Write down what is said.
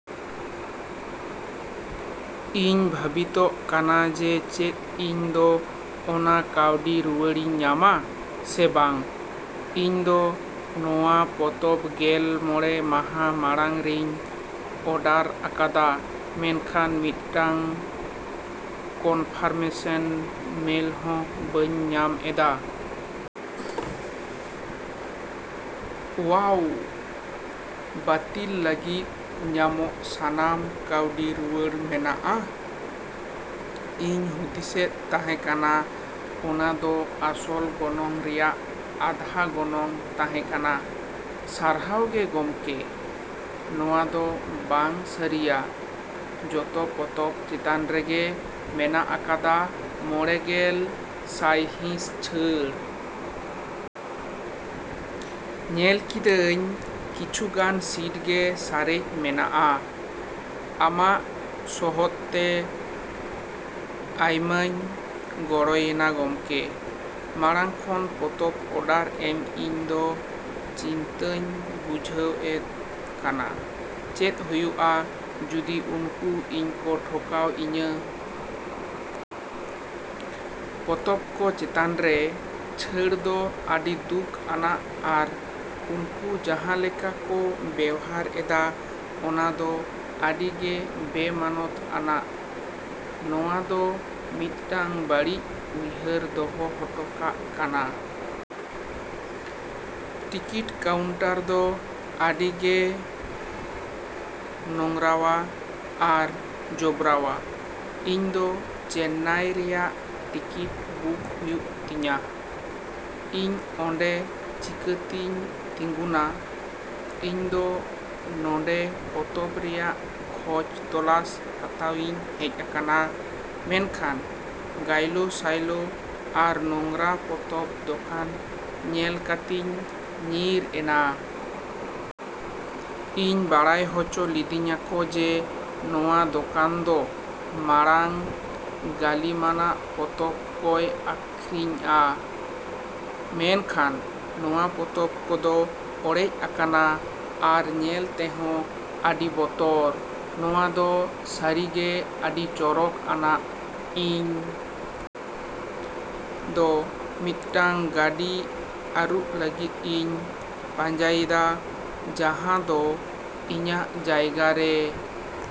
ᱤᱧ ᱵᱷᱟᱹᱵᱤᱛᱚᱜ ᱠᱟᱱᱟ ᱡᱮ ᱪᱮᱫ ᱤᱧ ᱫᱚ ᱚᱱᱟ ᱠᱟᱹᱣᱰᱤ ᱨᱩᱣᱟᱹᱲᱤᱧ ᱧᱟᱢᱟ ᱥᱮ ᱵᱟᱝ ᱾ ᱤᱧ ᱫᱚ ᱱᱚᱶᱟ ᱯᱚᱛᱚᱵ ᱜᱮᱞ ᱢᱚᱬᱮ ᱢᱟᱦᱟ ᱢᱟᱲᱟᱝ ᱨᱮᱧ ᱚᱰᱟᱨ ᱟᱠᱟᱫᱟ, ᱢᱮᱱᱠᱷᱟᱱ ᱢᱤᱫᱴᱟᱝ ᱠᱚᱱᱯᱷᱟᱨᱢᱮᱥᱮᱱ ᱢᱮᱞ ᱦᱚᱸ ᱵᱟᱹᱧ ᱧᱟᱢ ᱮᱫᱟ ᱾ ᱳᱣᱟᱣ! ᱵᱟᱹᱛᱤᱞ ᱞᱟᱹᱜᱤᱫ ᱧᱟᱢᱚᱜ ᱥᱟᱱᱟᱢ ᱠᱟᱹᱣᱰᱤ ᱨᱩᱣᱟᱹᱲ ᱢᱮᱱᱟᱜᱼᱟ, ᱤᱧ ᱦᱩᱫᱤᱥᱮᱫ ᱛᱟᱦᱮ ᱠᱟᱱᱟ ᱚᱱᱟ ᱫᱚ ᱟᱥᱚᱞ ᱜᱚᱱᱚᱝ ᱨᱮᱭᱟᱜ ᱟᱫᱷᱟ ᱜᱚᱱᱚᱝ ᱛᱟᱦᱮᱸ ᱠᱟᱱᱟ, ᱥᱟᱨᱦᱟᱣ ᱜᱮ ᱜᱚᱢᱠᱮ ᱾ ᱱᱚᱣᱟ ᱫᱚ ᱵᱟᱝ ᱥᱟᱹᱨᱤᱭᱟ! ᱡᱚᱛᱚ ᱯᱚᱛᱚᱵ ᱪᱮᱛᱟᱱ ᱨᱮᱜᱮ ᱢᱮᱱᱟᱜ ᱟᱠᱟᱫᱟ ᱢᱚᱸᱬᱮ ᱜᱮᱞ ᱥᱟᱭᱦᱤᱸᱥ ᱪᱷᱟᱹᱲ ᱾ ᱧᱮᱞ ᱠᱤᱫᱟᱹᱧ ᱠᱤᱪᱷᱩᱜᱟᱱ ᱥᱤᱴ ᱜᱮ ᱥᱟᱨᱮᱡ ᱢᱮᱱᱟᱜᱼᱟ ᱾ ᱟᱢᱟᱜ ᱥᱚᱦᱚᱫᱛᱮ ᱟᱭᱢᱟᱧ ᱜᱚᱲᱚᱭᱮᱱᱟ ᱜᱚᱢᱠᱮ ᱾ ᱢᱟᱲᱟᱝ ᱠᱷᱚᱱ ᱯᱚᱛᱚᱵ ᱚᱰᱟᱨ ᱮᱢ ᱤᱧ ᱫᱚ ᱪᱤᱱᱛᱟᱹᱧ ᱵᱩᱡᱷᱟᱹᱣ ᱮᱫ ᱠᱟᱱᱟ, ᱪᱮᱫ ᱦᱩᱭᱩᱜᱼᱟ ᱡᱩᱫᱤ ᱩᱱᱠᱩ ᱤᱧ ᱠᱚ ᱴᱷᱚᱠᱟᱣ ᱤᱧᱟ? ᱯᱚᱛᱚᱵ ᱠᱚ ᱪᱮᱛᱟᱱ ᱨᱮ ᱪᱷᱟᱹᱲ ᱫᱚ ᱟᱹᱰᱤ ᱫᱩᱠ ᱟᱱᱟᱜ ᱟᱨ ᱩᱱᱠᱩ ᱡᱟᱦᱟᱸ ᱞᱮᱠᱟ ᱠᱚ ᱵᱮᱣᱦᱟᱨ ᱮᱫᱟ ᱚᱱᱟ ᱫᱚ ᱟᱹᱰᱤ ᱜᱮ ᱵᱮᱼᱢᱟᱱᱚᱛ ᱟᱱᱟᱜ ᱾ ᱱᱚᱶᱟ ᱫᱚ ᱢᱤᱫᱴᱟᱝ ᱵᱟᱹᱲᱤᱡ ᱩᱭᱦᱟᱹᱨᱮ ᱫᱚᱦᱚ ᱦᱚᱴᱚ ᱠᱟᱜ ᱠᱟᱱᱟ ᱾ ᱴᱤᱠᱤᱴ ᱠᱟᱣᱩᱱᱴᱟᱨ ᱫᱚ ᱟᱹᱰᱤᱜᱮ ᱱᱳᱝᱨᱟᱣᱟ ᱟᱨ ᱡᱚᱵᱽᱨᱟᱣᱟ ᱾ ᱤᱧ ᱫᱚ ᱪᱮᱱᱱᱟᱭ ᱨᱮᱭᱟᱜ ᱴᱤᱠᱤᱴ ᱵᱩᱠ ᱦᱩᱭᱩᱜ ᱛᱤᱧᱟ, ᱤᱧ ᱚᱰᱮᱸ ᱪᱤᱠᱟᱹᱛᱤᱧ ᱛᱤᱸᱜᱩᱱᱟ? ᱤᱧ ᱫᱚ ᱱᱚᱰᱮᱸ ᱯᱚᱛᱚᱵ ᱨᱮᱭᱟᱜ ᱠᱷᱚᱡ ᱛᱚᱞᱟᱥ ᱦᱟᱛᱟᱣᱤᱧ ᱦᱮᱡ ᱟᱠᱟᱱᱟ ᱢᱮᱱᱠᱷᱟᱱ ᱜᱟᱭᱞᱳ ᱥᱟᱭᱞᱳ ᱟᱨ ᱱᱳᱝᱨᱟ ᱯᱚᱛᱚᱵ ᱫᱚᱠᱟᱱ ᱧᱮᱞ ᱠᱟᱛᱮᱧ ᱧᱤᱨ ᱮᱱᱟ ᱾ ᱤᱧ ᱵᱟᱲᱟᱭ ᱦᱚᱪᱚ ᱞᱤᱫᱤᱧᱟᱠᱚ ᱡᱮ ᱱᱚᱣᱟ ᱫᱚᱠᱟᱱ ᱫᱚ ᱢᱟᱲᱟᱝ ᱜᱟᱹᱞᱤᱢᱟᱱᱟᱜ ᱯᱚᱛᱚᱵ ᱠᱚᱭ ᱟᱹᱠᱷᱨᱤᱧᱼᱟ, ᱢᱮᱱᱠᱷᱟᱱ ᱱᱚᱣᱟ ᱯᱚᱛᱚᱵ ᱠᱚᱫᱚ ᱚᱲᱮᱡ ᱟᱠᱟᱱᱟ ᱟᱨ ᱧᱮᱞ ᱛᱮᱦᱚ ᱟᱹᱰᱤ ᱵᱚᱛᱚᱨ ᱾ ᱱᱚᱶᱟ ᱫᱚ ᱥᱟᱹᱨᱤᱜᱮ ᱟᱹᱰᱤ ᱪᱚᱨᱚᱠ ᱟᱱᱟᱜ ᱾ ᱤᱧ ᱫᱚ ᱢᱤᱫᱴᱟᱝ ᱜᱟᱹᱰᱤ ᱟᱹᱨᱩᱵ ᱞᱟᱹᱜᱤᱫ ᱤᱧ ᱯᱟᱸᱡᱟᱭᱮᱫᱟ ᱡᱟᱦᱟ ᱫᱚ ᱤᱧᱟᱜ ᱡᱟᱭᱜᱟ ᱨᱮᱼᱼ